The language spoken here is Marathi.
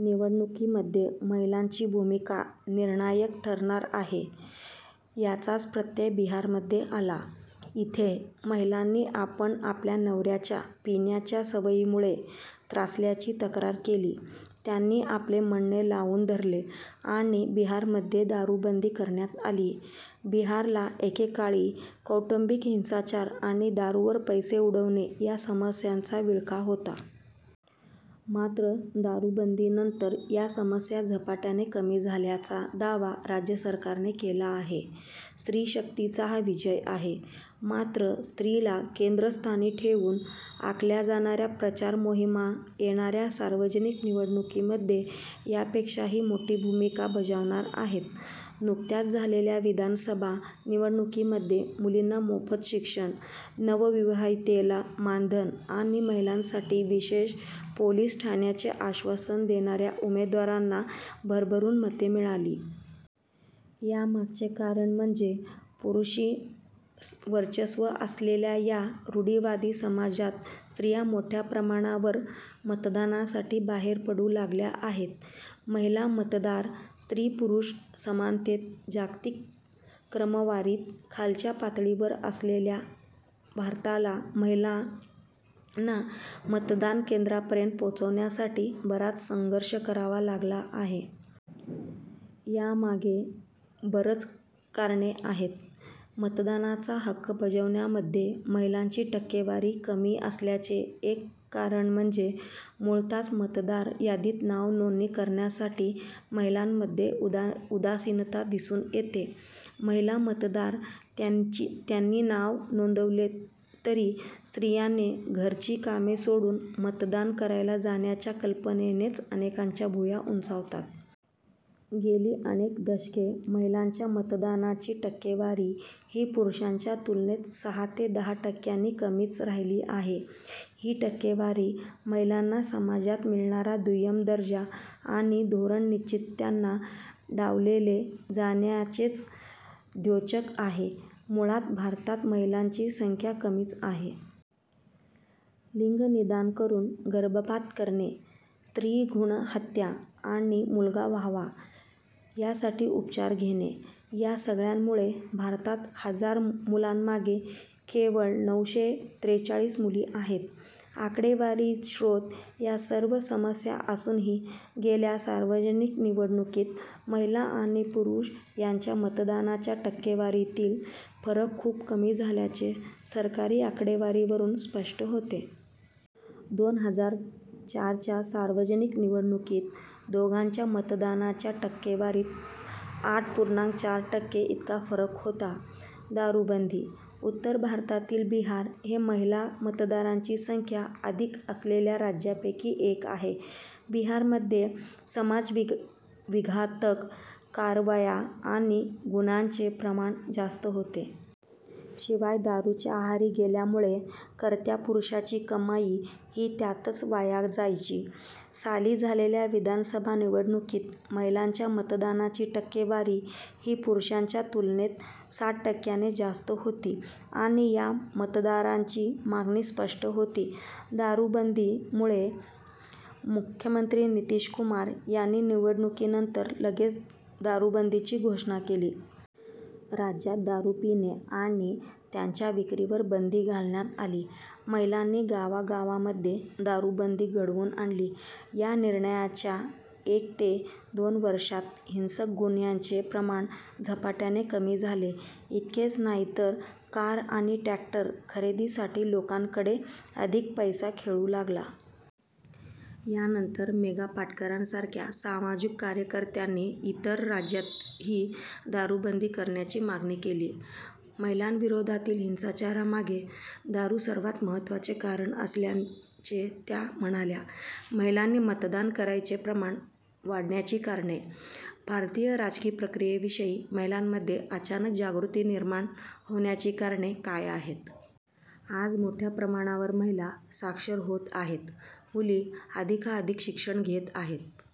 निवडणुकांमध्ये महिलांची भूमिका निर्णायक ठरणार आहे. याचाच प्रत्यय बिहारमध्ये आला. इथे महिलांनी आपण आपल्या नवऱ्याच्या 'पिण्याच्या' सवयीमुळे त्रासल्याची तक्रार केली. त्यांनी आपले म्हणणे लावून धरले आणि बिहारमध्ये दारूबंदी करण्यात आली. बिहारला एकेकाळी कौटुंबिक हिंसाचार आणि दारूवर पैसे उडवणे या समस्यांचा विळखा होता. मात्र दारूबंदीनंतर या समस्या झपाट्याने कमी झाल्याचा दावा राज्य सरकारने केला आहे. स्त्रीशक्तीचा हा विजय आहे. मात्र स्त्रीला केंद्रस्थानी ठेवून आखल्या जाणाऱ्या प्रचार मोहिमा येणाऱ्या सार्वत्रिक निवडणुकांमध्ये यापेक्षाही मोठी भूमिका बजावणार आहेत. नुकत्याच झालेल्या विधानसभा निवडणुकांमध्ये मुलींना मोफत शिक्षण, नवविवाहितेला मानधन आणि महिलांसाठी विशेष पोलीस ठाण्यांचे आश्वासन देणाऱ्या उमेदवारांना भरभरून मते मिळाली. यामागचे कारण म्हणजे पुरुषी वर्चस्व असलेल्या या रूढिवादी समाजात स्त्रिया मोठ्या प्रमाणावर मतदानासाठी बाहेर पडू लागल्या आहेत. महिला मतदार - स्त्री-पुरुष समानतेत जागतिक क्रमवारीत खालच्या पातळीवर असलेल्या भारताला महिलांना मतदानकेंद्रापर्यंत पोहोचवण्यासाठी बराच संघर्ष करावा लागला आहे. यामागे बरीच कारणे आहेत. मतदानाचा हक्क बजावण्यामध्ये महिलांची टक्केवारी कमी असण्याचे एक कारण म्हणजे मुळातच मतदार यादीत नाव नोंदणी करण्यासाठी महिलांमध्ये उदासीनता दिसून येते. महिला मतदार - त्यांनी नाव नोंदवले तरी स्त्रीने घरची कामे सोडून मतदान करायला जाण्याच्या कल्पनेनेच अनेकांच्या भुवया उंचावतात. गेली अनेक दशके महिलांच्या मतदानाची टक्केवारी ही पुरुषांच्या तुलनेत सहा ते दहा टक्क्यांनी कमीच राहिली आहे. ही टक्केवारी महिलांना समाजात मिळणारा दुय्यम दर्जा आणि धोरण निश्चितीत त्यांना डावलले जाण्याचेच द्योतक आहे. मुळात भारतात महिलांची संख्याच कमी आहे. लिंगनिदान करून गर्भपात करणे, स्त्रीभ्रूणहत्या आणि मुलगा व्हावा, यासाठी उपचार घेणे, या सगळ्यांमुळे भारतात हजार मुलांमागे केवळ नऊशे त्रेचाळीस मुली आहेत. आकडेवारी स्रोत - या सर्व समस्या असूनही गेल्या सार्वत्रिक निवडणुकीत महिला आणि पुरुष यांच्या मतदानाच्या टक्केवारीतील फरक खूप कमी झाल्याचे सरकारी आकडेवारीवरून स्पष्ट होते. दोन हजार चारच्या सार्वत्रिक निवडणुकीत दोघांच्या मतदानाच्या टक्केवारीत आठ पूर्णांक चार टक्के इतका फरक होता. दारूबंदी - उत्तर भारतातील बिहार हे महिला मतदारांची संख्या अधिक असलेल्या राज्यांपैकी एक आहे. बिहारमध्ये समाजविघातक कारवाया आणि गुन्ह्यांचे प्रमाण जास्त होते. शिवाय दारूच्या आहारी गेल्यामुळे कर्त्या पुरुषाची कमाई ही त्यातच वाया जायची. साली झालेल्या विधानसभा निवडणुकीत महिलांच्या मतदानाची टक्केवारी ही पुरुषांच्या तुलनेत सात टक्क्याने जास्त होती आणि या मतदारांची मागणी स्पष्ट होती दारूबंदी यामुळेच मुख्यमंत्री नितीश कुमार यांनी निवडणुकीनंतर लगेच दारूबंदीची घोषणा केली. राज्यात दारू पिणे आणि त्याच्या विक्रीवर बंदी घालण्यात आली. महिलांनी गावागावांमध्ये दारूबंदी घडवून आणली, या निर्णयाच्या एक ते दोन वर्षांतच हिंसक गुन्ह्यांचे प्रमाण झपाट्याने कमी झाले. इतकेच नाही तर कार आणि ट्रॅक्टर खरेदीसाठी लोकांकडे अधिक पैसा खेळू लागला. यानंतर मेधा पाटकरांसारख्या सामाजिक कार्यकर्त्यांनी इतर राज्यांनीही दारूबंदी करण्याची मागणी केली. महिलांविरोधातील हिंसाचारामागे दारू सर्वात महत्त्वाचे कारण असल्याचे त्या म्हणाल्या. महिलांनी मतदान करण्याचे प्रमाण वाढण्याची कारणे - भारतात राजकीय प्रक्रियेविषयी महिलांमध्ये अचानक जागृती निर्माण होण्याची कारणे काय आहेत? आज मोठ्या प्रमाणावर महिला साक्षर होत आहेत. मुली अधिकाधिक शिक्षण घेत आहेत.